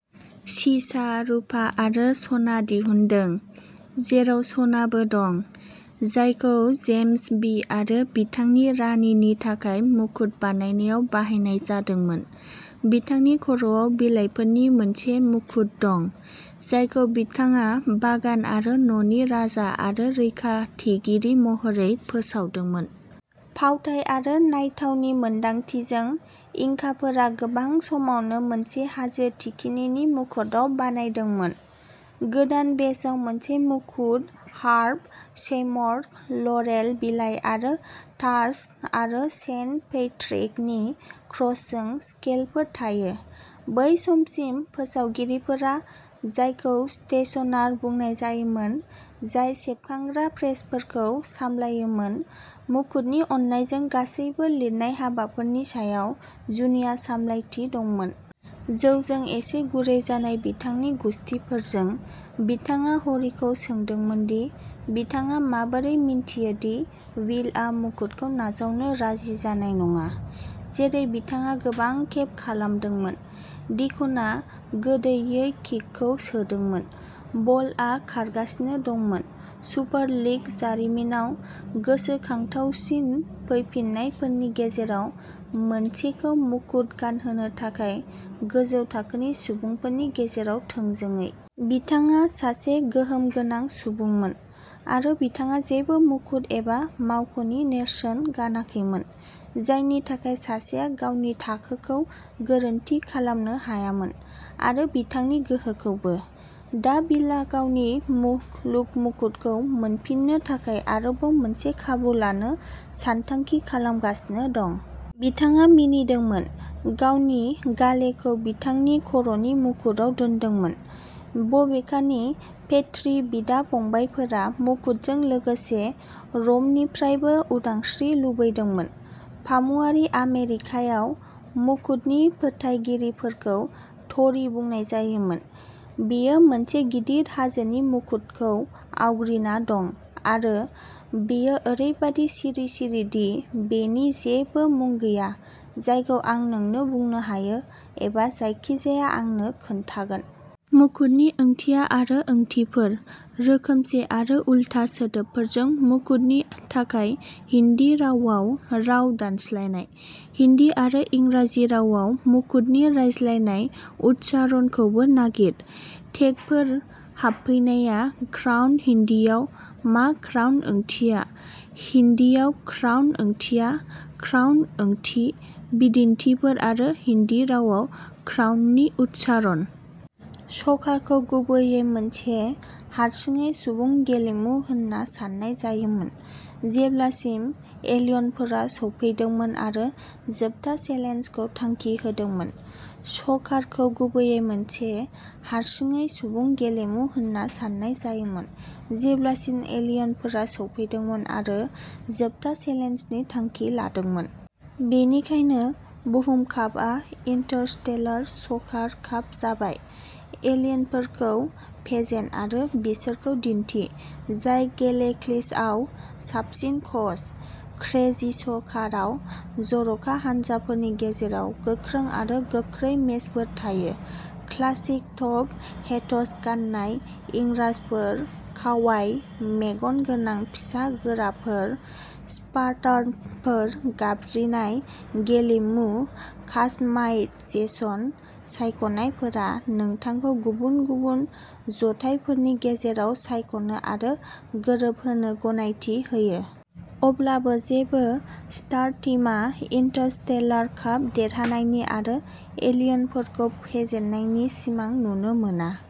सीसा, रुपा आरो सना दिहुनदों, जेराव सनाबो दं, जायखौ जेम्स भि आरो बिथांनि रानिनि थाखाय मुकुट बानायनायाव बाहायनाय जादोंमोन। बिथांनि खर'आव बिलाइफोरनि मोनसे मुकुट दं, जायखौ बिथाङा बागान आरो न'नि राजा आरो रैखाथिगिरि महरै फोसावदोंमोन। फावथाइ आरो नायथावनि मोनदांथिजों, इंकाफोरा गोबां समावनो मोनसे हाजो थिखिनिनि मुकुटआव बानायदोंमोन। गोदान बेजआव मोनसे मुकुट, हार्प, शैमरक, लरेल बिलाइ आरो टार्च आरो सेन्ट पैट्रिकनि क्रसजों स्केलफोर थायो। बै समसिम, फोसावगिरिफोरा, जायखौ स्टेशनार बुंनाय जायोमोन, जाय सेबखांग्रा प्रेसफोरखौ सामलायोमोन, मुकुटनि अननायजों गासैबो लिरनाय हाबाफोरनि सायाव जुनिया सामलायथि दंमोन। जौजों एसे गुरै जानाय बिथांनि गुसथिफोरजों, बिथाङा हरिखौ सोंदोंमोन दि बिथाङा माबोरै मिन्थियो दि विलआ मुकुटखौ नाजावनो राजि जानाय नङा। जेरै बिथाङा गोबां खेब खालामदोंमोन, डिक'ना गोदैयै किकखौ सोदोंमोन, बलआ खारगासिनो दंमोन। सुपार लीग जारिमिनाव गोसोखांथावसिन फैफिन्नायफोरनि गेजेराव मोनसेखौ मुकुट गानहोनो थाखाय गोजौ थाखोनि सुबुंफोरनि गेजेराव थोंजोङै। बिथाङा सासे गोहोम गोनां सुबुंमोन, आरो बिथाङा जेबो मुकुट एबा मावख'नि नेरसोन गानाखैमोन, जायनि थाखाय सासेया गावनि थाखोखौ गोरोन्थि खालामनो हायामोन, आरो बिथांनि गोहोखौबो। दा बिलआ गावनि मुलुग मुकुटखौ मोनफिन्नो थाखाय आरोबाव मोनसे खाबु लानो सानथांखि खालामगासिनो दं। बिथाङा मिनिदोंमोन, गावनि गालेखौ बिथांनि खर'नि मुकुटआव दोन्दोंमोन। बबेखानि, पेट्री बिदा-फंबायफोरा मुकुटजों लोगोसे र'मनिफ्रायबो उदांस्रि लुबैदोंमोन। फामुवारि आमेरिकायाव मुकुटनि फोथायगिरिफोरखौ ट'री बुंनाय जायोमोन। बेयो मोनसे गिदिर हाजोनि मुकुटखौ आवग्रिना दं, आरो बेयो ओरैबादि सिरि-सिरि दि बेनि जेबो मुं गैया जायखौ आं नोंनो बुंनो हायो एबा जायखिजाया आंनो खोन्थागोन। मुकुटनि ओंथिया आरो ओंथिफोर, रोखोमसे आरो उल्था सोदोबफोरजों मुकुटनि थाखाय हिन्दी रावाव राव दानस्लायनाय। हिन्दी आरो इंराजि रावाव मुकुटनि रायज्लायनाय उच्चारणखौबो नागिर। टेगफोर हाबफैनाया क्राउन हिन्दीआव मा क्राउन ओंथिया, हिन्दीआव क्राउन ओंथिया, क्राउन ओंथि, बिदिन्थिफोर आरो हिन्दी रावाव क्राउननि उच्चारण। सकार खौ गुबैयै मोनसे हारसिङै सुबुं गेलेमु होनना सान्नाय जायोमोन, जेब्लासिम एलियनफोरा सौफैदोंमोन आरो जोबथा चेलेन्जखौ थांखि होदोंमोन। सकार खौ गुबैयै मोनसे हारसिङै सुबुं गेलेमु होन्ना सान्नाय जायोमोन, जेब्लासिम एलियनफोरा सौफैदोंमोन आरो जोबथा चेलेन्जखौ थांखि लादोंमोन। बेनिखायनो, बुहुम कापआ इन्टारस्टेलार सकार काप जाबाय एलियनफोरखौ फेजेन आरो बिसोरखौ दिन्थि जाय गेलेक्सियाव साबसिन कच। क्रेजि सकाराव जर'खा हानजाफोरनि गेजेराव गोख्रों आरो गोख्रै मेचफोर थायो। क्लासिक टप हेट्स गान्नाय इंराजफोर, कावाइ मेगन गोनां फिसा गोराफोर, स्पार्टानफोर गाबज्रिनाय गेलेमुनि कास्टमाइजेशन सायख'नायफोरा नोंथांखौ गुबुन गुबुन जथायफोरनि गेजेराव सायख'नो आरो गोरोबहोनो गनायथि होयो। अब्लाबो, जेबो स्टार टीमा इन्टारस्टेलार काप देरहानायनि आरो एलियनफोरखौ फेजेननायनि सिमां नुनो मोना।